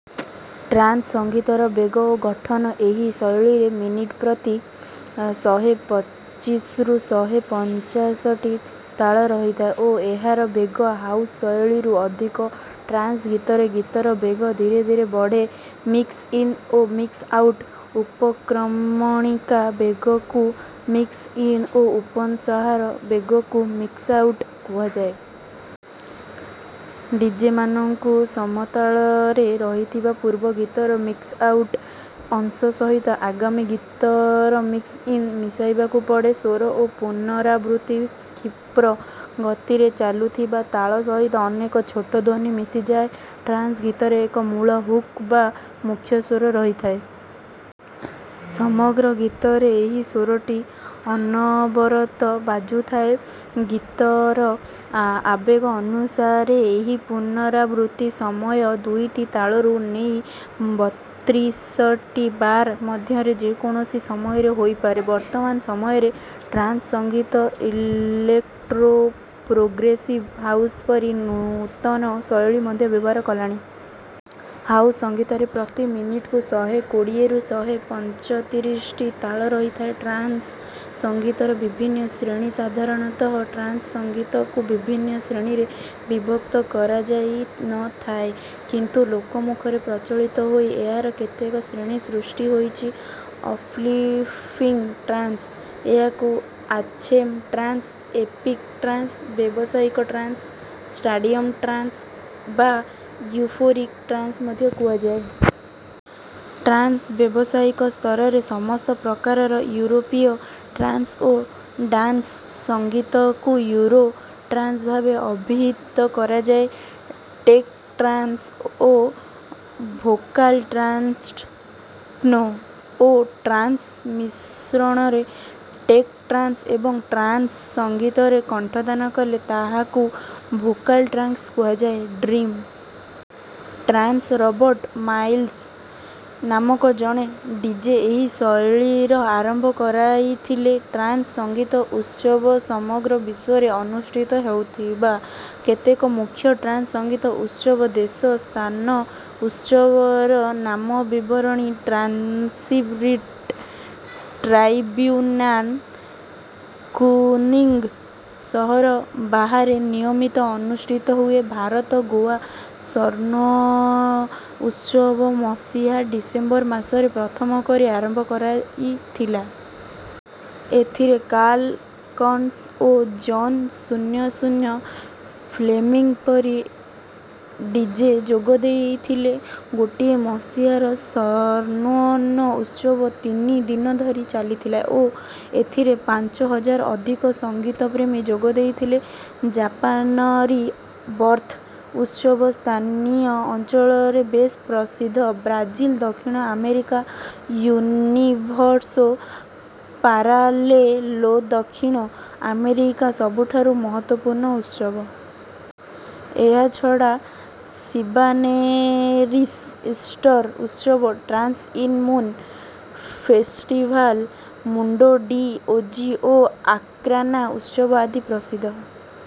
Trance ସଙ୍ଗୀତର ବେଗ ଓ ଗଠନଏହି ଶୈଳୀରେ ମିନିଟ୍ ପ୍ରତି ଶହେ ପଚିଶରୁ ଶହେ ପଞ୍ଚାଶଟି ତାଳ ରହିଥାଏ ଓ ଏହାର ବେଗ ହାଉସ୍ ଶୈଳୀରୁ ଅଧିକ। ଟ୍ରାନ୍ସ୍ ଗୀତରେ ଗୀତର ବେଗ ଧୀରେ ଧୀରେ ବଢ଼େ। ମିକ୍ସ୍ ଇନ୍ ଓ ମିକ୍ସ୍ ଆଉଟ୍ ଉପକ୍ରମଣିକା ବେଗକୁ ମିକ୍ସ୍ ଇନ୍ ଓ ଉପସଂହାର ବେଗକୁ ମିକ୍ସ୍ଆ ଉଟ୍ କୁହାଯାଏ। ଡିଜେମାନଙ୍କୁ ସମତାଳରେ ରହିଥିବା ପୂର୍ବ ଗୀତର ମିକ୍ସ୍ଆ ଉଟ୍ ଅଂଶ ସହିତ ଆଗାମୀ ଗୀତର ମିକ୍ସ୍ ଇନ୍ ମିଶାଇବାକୁ ପଡ଼େ। ସ୍ୱର ଓ ପୁନରାବୃତ୍ତି କ୍ଷିପ୍ର ଗତିରେ ଚାଲୁଥିବା ତାଳ ସହିତ ଅନେକ ଛୋଟ ଧ୍ୱନି ମିଶାଯାଏ। ଟ୍ରାନ୍ସ୍ ଗୀତରେ ଏକ ମୂଳ ହୁକ୍ ବା ମୁଖ୍ୟ ସ୍ୱର ରହିଥାଏ। ସମଗ୍ର ଗୀତରେ ଏହି ସ୍ୱରଟି ଅନବରତ ବାଜୁଥାଏ। ଗୀତର ଆବେଗ ଅନୁସାରେ ଏହି ପୁନରାବୃତ୍ତି ସମୟ ଦୁଇଟି ତାଳରୁ ନେଇ ବତ୍ରିଶଟି ବାର୍ ମଧ୍ୟରେ ଯେକୌଣସି ସମୟରେ ହୋଇପାରେ। ବର୍ତ୍ତମାନ ସମୟରେ ଟ୍ରାନ୍ସ୍ ସଙ୍ଗୀତ ଇଲେକ୍ଟ୍ରୋ, ପ୍ରୋଗ୍ରେସିଭ୍ ହାଉସ୍ ପରି ନୂତନ ଶୈଳୀ ମଧ୍ୟ ବ୍ୟବହାର କଲାଣି। ହାଉସ୍ ସଙ୍ଗୀତରେ ପ୍ରତି ମିନିଟ୍‌କୁ ଶହେ କୋଡ଼ିଏରୁ ଶହେ ପଞ୍ଚତିରିଶଟି ତାଳ ରହିଥାଏ। ଟ୍ରାନ୍ସ୍ ସଙ୍ଗୀତର ବିଭିନ୍ନ ଶ୍ରେଣୀସାଧାରଣତଃ ଟ୍ରାନ୍ସ୍ ସଙ୍ଗୀତକୁ ବିଭିନ୍ନ ଶ୍ରେଣୀରେ ବିଭକ୍ତ କରାଯାଇ ନ ଥାଏ କିନ୍ତୁ ଲୋକମୁଖରେ ପ୍ରଚଳିତ ହୋଇ ଏହାର କେତେକ ଶ୍ରେଣୀ ସୃଷ୍ଟି ହୋଇଛି ଅପ୍ଲିଫ୍ଟିଂଗ୍ ଟ୍ରାନ୍ସ୍ ଏହାକୁ ଆନ୍ଥେମ୍ ଟ୍ରାନ୍ସ୍, ଏପିକ୍ ଟ୍ରାନ୍ସ୍, ବ୍ୟବସାୟିକ ଟ୍ରାନ୍ସ୍, ଷ୍ଟାଡ଼ିୟମ୍ ଟ୍ରାନ୍ସ୍ ବା ୟୁଫୋରିକ୍ ଟ୍ରାନ୍ସ୍ ମଧ୍ୟ କୁହାଯାଏ। ଟ୍ରାନ୍ସ୍ ବ୍ୟବସାୟିକ ସ୍ତରରେ ସମସ୍ତ ପ୍ରକାରର ଇଉରୋପୀୟ ଟ୍ରାନ୍ସ୍ ଓ ଡାନ୍ସ୍ ସଙ୍ଗୀତକୁ ୟୁରୋ ଟ୍ରାନ୍ସ୍ ଭାବେ ଅଭିହିତ କରାଯାଏ। ଟେକ୍ ଟ୍ରାନ୍ସ୍ ଓ ଭୋକାଲ୍ ଟ୍ରାନ୍ସ୍ଟେକ୍ନୋ ଓ ଟ୍ରାନ୍ସ୍ର ମିଶ୍ରଣରେ ଟେକ୍ ଟ୍ରାନ୍ସ୍ ଏବଂ ଟ୍ରାନ୍ସ୍ ସଙ୍ଗୀତରେ କଣ୍ଠଦାନ କଲେ ତାହାକୁ ଭୋକାଲ୍ ଟ୍ରାନ୍ସ୍ କୁହାଯାଏ। ଡ୍ରିମ୍ ଟ୍ରାନ୍ସ୍ ରବର୍ଟ୍ ମାଇଲ୍ସ୍ ନାମକ ଜଣେ ଡିଜେ ଏହି ଶୈଳୀର ଆରମ୍ଭ କରାଇଥିଲେ। ଟ୍ରାନ୍ସ୍ ସଙ୍ଗୀତ ଉତ୍ସବସମଗ୍ର ବିଶ୍ୱରେ ଅନୁଷ୍ଠିତ ହେଉଥିବା କେତେକ ମୁଖ୍ୟ ଟ୍ରାନ୍ସ୍ ସଙ୍ଗୀତ ଉତ୍ସବ ଦେଶ ସ୍ଥାନଉତ୍ସବର ନାମବିବରଣୀଚୀନ୍ସ୍ପିରିଟ୍ ଟ୍ରାଇବ୍ୟୁନାନ୍ର କୁନ୍ମିଂଗ୍ ସହର ବାହାରେ ନିୟମିତ ଅନୁଷ୍ଠିତ ହୁଏ। ଭାରତ ଗୋଆ ସନ୍ବର୍ଣ୍ଣ୍ ଉତ୍ସବମସିହା ଡିସେମ୍ବର ମାସରେ ପ୍ରଥମ କରି ଆରମ୍ଭ ହୋଇଥିଲା। ଏଥିରେ କାର୍ଲ୍ କକ୍ସ୍ ଓ ଜନ୍ ଶୂନ୍ୟ ଶୂନ୍ୟ ଫ୍ଲେମିଂଗ୍ ପରି ଡିଜେ ଯୋଗ ଦେଇଥିଲେ। ଗୋଟିଏ ମସିହାର ସନ୍ବର୍ଣ୍ଣ୍ ଉତ୍ସବ ତିନି ଦିନ ଧରି ଚାଲିଥିଲା ଓ ଏଥିରେ ପାଞ୍ଚ ହଜାରରୁ ଅଧିକ ସଙ୍ଗୀତପ୍ରେମୀ ଯୋଗ ଦେଇଥିଲେ। ଜାପାନରି ବର୍ଥ୍ ଉତ୍ସବସ୍ଥାନୀୟ ଅଞ୍ଚଳରେ ବେଶ୍ ପ୍ରସିଦ୍ଧ। ବ୍ରାଜିଲ୍ ଦକ୍ଷିଣ ଆମେରିକା ୟୁନିଭର୍ସୋ ପାରାଲେଲୋଦକ୍ଷିଣ ଆମେରିକାର ସବୁଠାରୁ ମହତ୍ତ୍ୱପୂର୍ଣ୍ଣ ଉତ୍ସବ। ଏହାଛଡ଼ା ଶିବାନେରିସ୍ ଇଷ୍ଟର୍ ଉତ୍ସବ, Trance in Moon, festival Mundo de Oz ଓ ଆର୍କାନା ଉତ୍ସବ ଆଦି ପ୍ରସିଦ୍ଧ।